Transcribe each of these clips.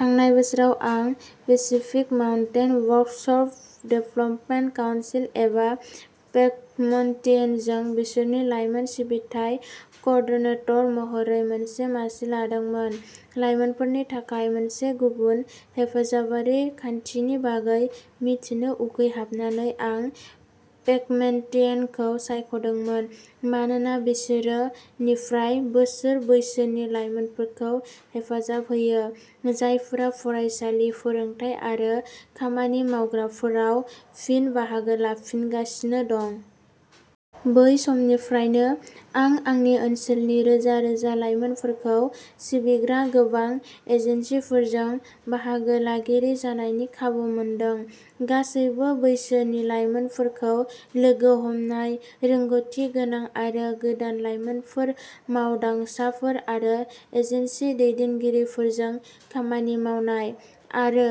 थांनाय बोसोराव आं Pacific Mountain Workforce Development Council, एबा पेकएमटीएनजों बिसोरनि लाइमोन सिबिथाइ क'ओर्डिनेटर महरै मोनसे मासि लादोंमोन। लाइमोनफोरनि थाखाय मोनसे गुबुन हेफाजाबारि खान्थिनि बागै मिथिनो उखैहाबनानै, आं पेकएमटीएनखौ सायख'दोंमोन मानोना बिसोरो निफ्राय बोसोर बैसोनि लाइमोनफोरखौ हेफाजाब होयो, जायफोरा फरायसालि, फोरोंथाय आरो खामानि मावग्राफोराव फिन-बाहागो लाफांगासिनो दं। बै समनिफ्रायनो, आं आंनि ओनसोलनि रोजा-रोजा लाइमोनफोरखौ सिबिग्रा गोबां एजेन्सिफोरजों बाहागो लागिरि जानायनि खाबु मोनदों। गासैबो बैसोनि लाइमोनफोरखौ लोगो हमनाय, रोंग'थिगोनां आरो गोदान लाइमोन मावदांसाफोर आरो एजेन्सि दैदेनगिरिफोरजों खामानि मावनाय, आरो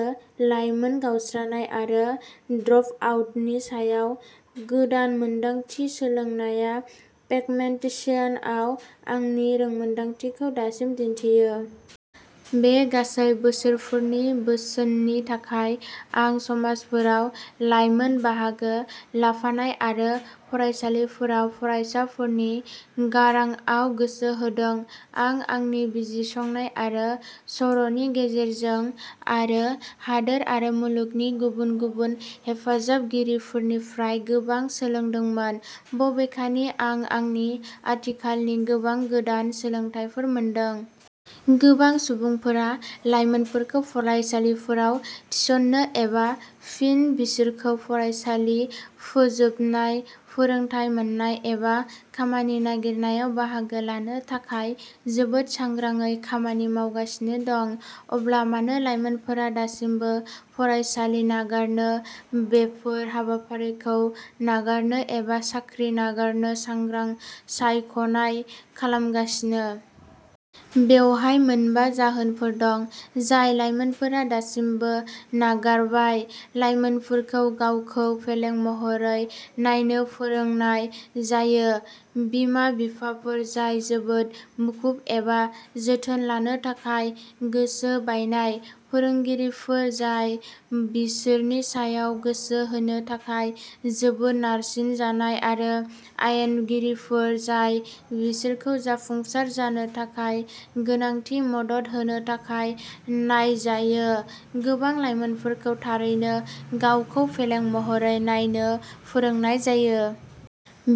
लाइमोन गावस्रानाय आरो ड्रपआउटनि सायाव गोदान मोनदांथि सोलोंनाया पेकएमटीएनआव आंनि रोंमोनदांथिखौ दासिम दिन्थियो। बे गासै बोसोरफोरनि बोसोननि थाखाय, आं समाजफोराव लाइमोन बाहागो लाफानाय आरो फरायसालिफोराव फरायसाफोरनि गारांआव गोसो होदों। आं आंनि बिजिरसंनाय आरो सर'नि गेजेरजों, आरो हादोर आरो मुलुगनि गुबुन गुबुन हेफाजाबगिरिफोरनिफ्राय गोबां सोलोंदोंमोन। बबेखानि, आं आंनि आथिखालनि गोबां गोदान सोलोंथायफोर मोनदों। गोबां सुबुंफोरा लाइमोनफोरखौ फरायसालिफोराव थिसननो, एबा फिन बिसोरखौ फरायसालि फोजोबनाय, फोरोंथाय मोन्नाय, एबा खामानि नागिरनायाव बाहागो लानो थाखाय जोबोद सांग्राङै खामानि मावगासिनो दं। अब्ला मानो लाइमोनफोरा दासिमबो फरायसालि नागारनो, बेफोर हाबाफारिफोरखौ नागारनो, एबा साख्रि नागारनो सांग्रां सायख'नाय खालामगासिनो? बेवहाय मोनबा जाहोनफोर दं, जाय लाइमोनफोरा दासिमबो नागारबाय। लाइमोनफोरखौ गावखौ फेलें महरै नायनो फोरोंनाय जायो। बिमा-बिफाफोर जाय जोबोद मुखुब एबा जोथोन लानो थाखाय गोसो बायनाय, फोरोंगिरिफोर जाय बिसोरनि सायाव गोसो होनो थाखाय जोबोद नारसिनजानाय, आरो आयेनगिरिफोर जाय बिसोरखौ जाफुंसार जानो थाखाय गोनांथि मदद होनो थाखाय नायजायो, गोबां लाइमोनफोरखौ थारैनो गावखौ फेलें महरै नायनो फोरोंनाय जायो।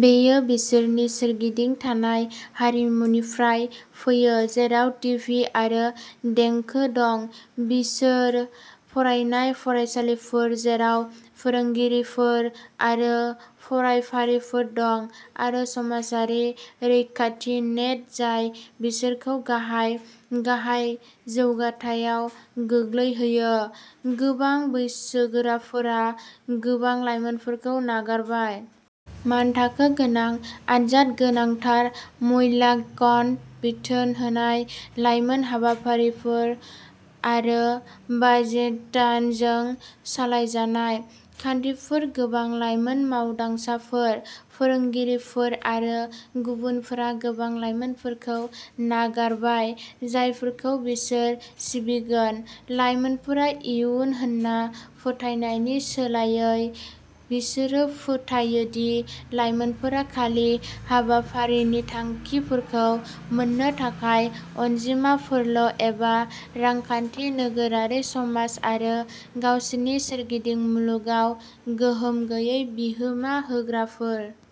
बेयो बिसोरनि सोरगिदिं थानाय हारिमुनिफ्राय फैयो, जेराव टिभि आरो देंखो दं; बिसोर फरायनाय फरायसालिफोर, जेराव फोरोंगिरिफोर आरो फरायफारिफोर दं; आरो समाजारि रैखाथि नेट जाय बिसोरखौ गाहाय, गाहाय जौथायाव गोग्लैहोयो। गोबां बैसोगोराफोरा गोबां लाइमोनफोरखौ नागारबाय। मानथाखो गोनां आनजाद, गोनांथार मूल्याङ्कन, बिथोन होनाय लाइमोन हाबाफारिफोर, आरो बाइजेन्टाइनजों सालायजानाय। खान्थिफोर, गोबां लाइमोन मावदांसाफोर, फोरोंगिरिफोर आरो गुबुनफोरा गोबां लाइमोनफोरखौ नागारबाय, जायफोरखौ बिसोर सिबिगोन। "लाइमोनफोरा इयुन" होन्ना फोथायनायनि सोलायै, बिसोरो फोथायो दि लाइमोनफोरा खालि हाबाफारिनि थांखिफोरखौ मोन्नो थाखाय अनजिमाफोरल ', एबा रांखान्थि, नोगोरारि समाज आरो गावसोरनि सोरगिदिं मुलुगाव गोहोम गैयै बिहोमा होग्राफोर।